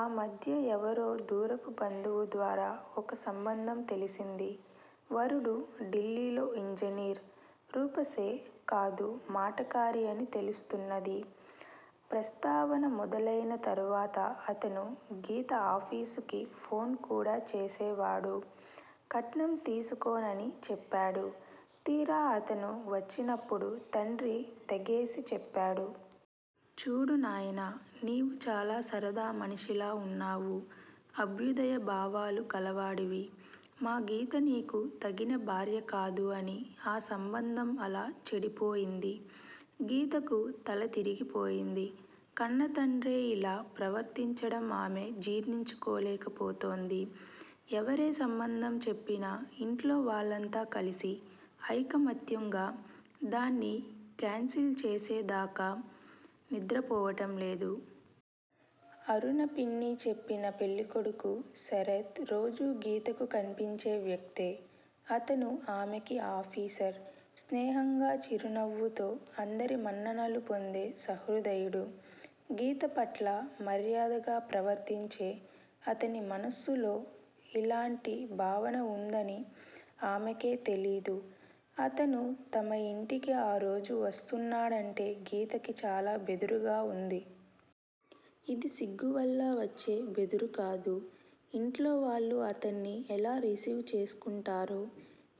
ఆ మధ్య ఎవరో దూరపు బంధువు ద్వారా ఒక సంబంధం తెలిసింది. వరుడు ఢిల్లీలో ఇంజనీర్. రూపసే కాదు మాటకారి అని తెలుస్తున్నది. ప్రస్తావన మొదలయిన తర్వాత అతను గీత ఆఫీసుకి ఫోన్ కూడా చేసేవాడు. కట్నం తీసుకోననీ చెప్పాడు. తీరా అతను వచ్చినపుడు తండ్రి తెగేసి చెప్పాడు. చూడు నాయనా! నీవు చాలా సరదా మనిషిలా ఉన్నావు. అభ్యుదయ భావాలు కలవాడివి. మా గీత నీకు తగిన భార్య కాదు అని! ఆ సంబంధం అలా చెడిపోయింది. గీతకు తల తిరిగిపోయింది. కన్నతండ్రే ఇలా ప్రవర్తించడం ఆమె జీర్ణించుకోలేకపోతోంది. ఎవరే సంబంధం చెప్పినా ఇంట్లో వాళ్ళంతా కలిసి ఐకమత్యంగా దాన్ని కాన్సిల్ చేసేదాకా నిద్రపోవటంలేదు. అరుణ పిన్ని చెప్పిన పెళ్ళికొడుకు శరత్ రోజూ గీతకు కన్పించే వ్యక్తే. అతను ఆమెకి ఆఫీసర్. స్నేహంగా చిరునవ్వుతో అందరి మన్ననలూ పొందే సహృదయుడు. గీత పట్ల మర్యాదగా ప్రవర్తించే అతని మనస్సులో ఇలాంటి భావన ఉందని ఆమెకే తెలీదు. అతను తమ ఇంటికి ఆరోజు వస్తున్నాడంటే గీతకి చాలా బెదురుగా ఉంది. ఇది సిగ్గువల్ల వచ్చే బెదురు కాదు. ఇంట్లోవాళ్ళు అతన్ని ఎలా రిసీవ్ చేసుకుంటారో!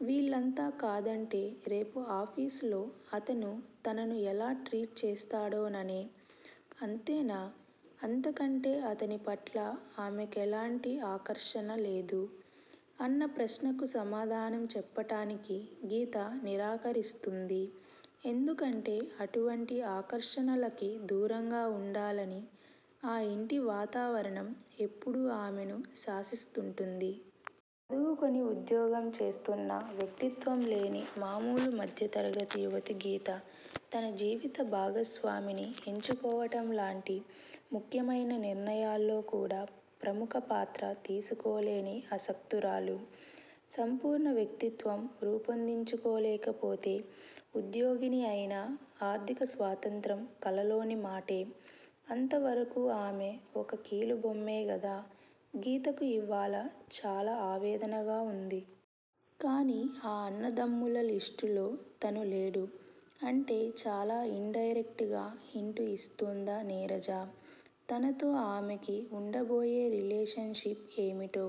వీళ్ళంతా కాదంటే రేపు ఆఫీసులో అతను తనను ఎలా ట్రీట్ చేస్తాడోననే! అంతేనా! అంతకంటే అతని పట్ల ఆమెకెలాంటి ఆకర్షణ లేదా? అన్న ప్రశ్నకు సమాధానం చెప్పటానికి గీత నిరాకరిస్తుంది. ఎందుకంటే అటువంటి ఆకర్షణలకి దూరంగా ఉండాలని ఆ ఇంటి వాతావరణం ఎప్పుడూ ఆమెను శాసిస్తుంటుంది. చదువుకొని ఉద్యోగం చేస్తున్నా వ్యక్తిత్వంలేని మామూలు మధ్యతరగతి యవతి గీత. తన జీవిత భాగస్వామిని ఎంచుకోవటంలాంటి ముఖ్యమైన నిర్ణయాల్లో కూడా ప్రముఖ పాత్ర తీసుకోలేని అశక్తురాలు. సంపూర్ణ వ్యక్తిత్వం రూపొందించుకోలేకపోతే ఉద్యోగిని అయినా ఆర్ధికస్వాతంత్ర్యం కలలోని మాటే. అంతవరకూ ఆమె ఒక కీలుబొమ్మే గదా! గీతకు ఇవ్వాళ చాలా ఆవేదనగా ఉంది. కానీ ఆ అన్నదమ్ముల లిస్టులో తను లేడు! అంటే చాలా ఇన్ డైరెక్ట్ గా హింట్ యిస్తోందా నీర్జా! తనతో ఆమెకి ఉండబోయే రిలేషన్ షిప్ ఏమిటో?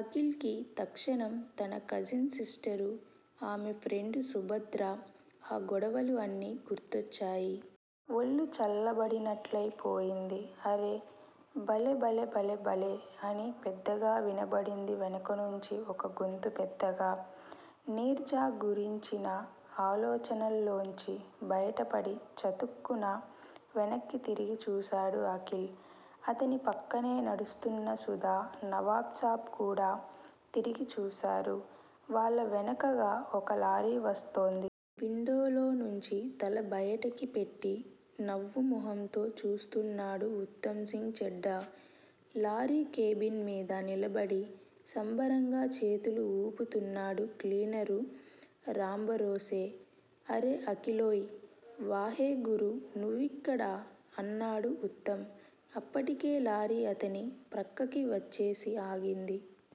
అఖిల్ కి తక్షణం తన కజిన్ సిస్టరు, ఆమె ఫ్రెండు, సుభద్ర, ఆ గొడవలు అన్నీ గుర్తొచ్చాయి. ఒళ్ళు చల్లబడినట్లయిపోయింది. అరె! బలెబలెబలెబలే! అని పెద్దగా వినబడింది వెనకనుంచి ఒక గొంతు పెద్దగా! నీర్జా గురించిన ఆలోచనల్లోనుంచి బయటపడి, చతుక్కున వెనక్కి తిరిగి చూశాడు అఖిల్. అతని ప్రక్కనే నడుస్తున్న సుధా, నవాబ్ సాబ్ కూడా తిరిగి చూశారు. వాళ్ళ వెనకగా ఒక లారీ వస్తోంది. విండోలో నుంచి తల బయటికి పెట్టి నవ్వు మొహంతో చూస్తున్నాడు ఉత్తమ్ సింగ్ చెడ్డా. లారీ కేబిన్ మీద నిలబడి సంబరంగా చేతులు వూపుతున్నాడు క్లీనరు రాంభరోసే. అరె అఖీలోయ్! వాహె గురూ! నువ్విక్కడా? అన్నాడు ఉత్తమ్. అప్పటికే లారీ అతని ప్రక్కకి వచ్చేసి ఆగింది.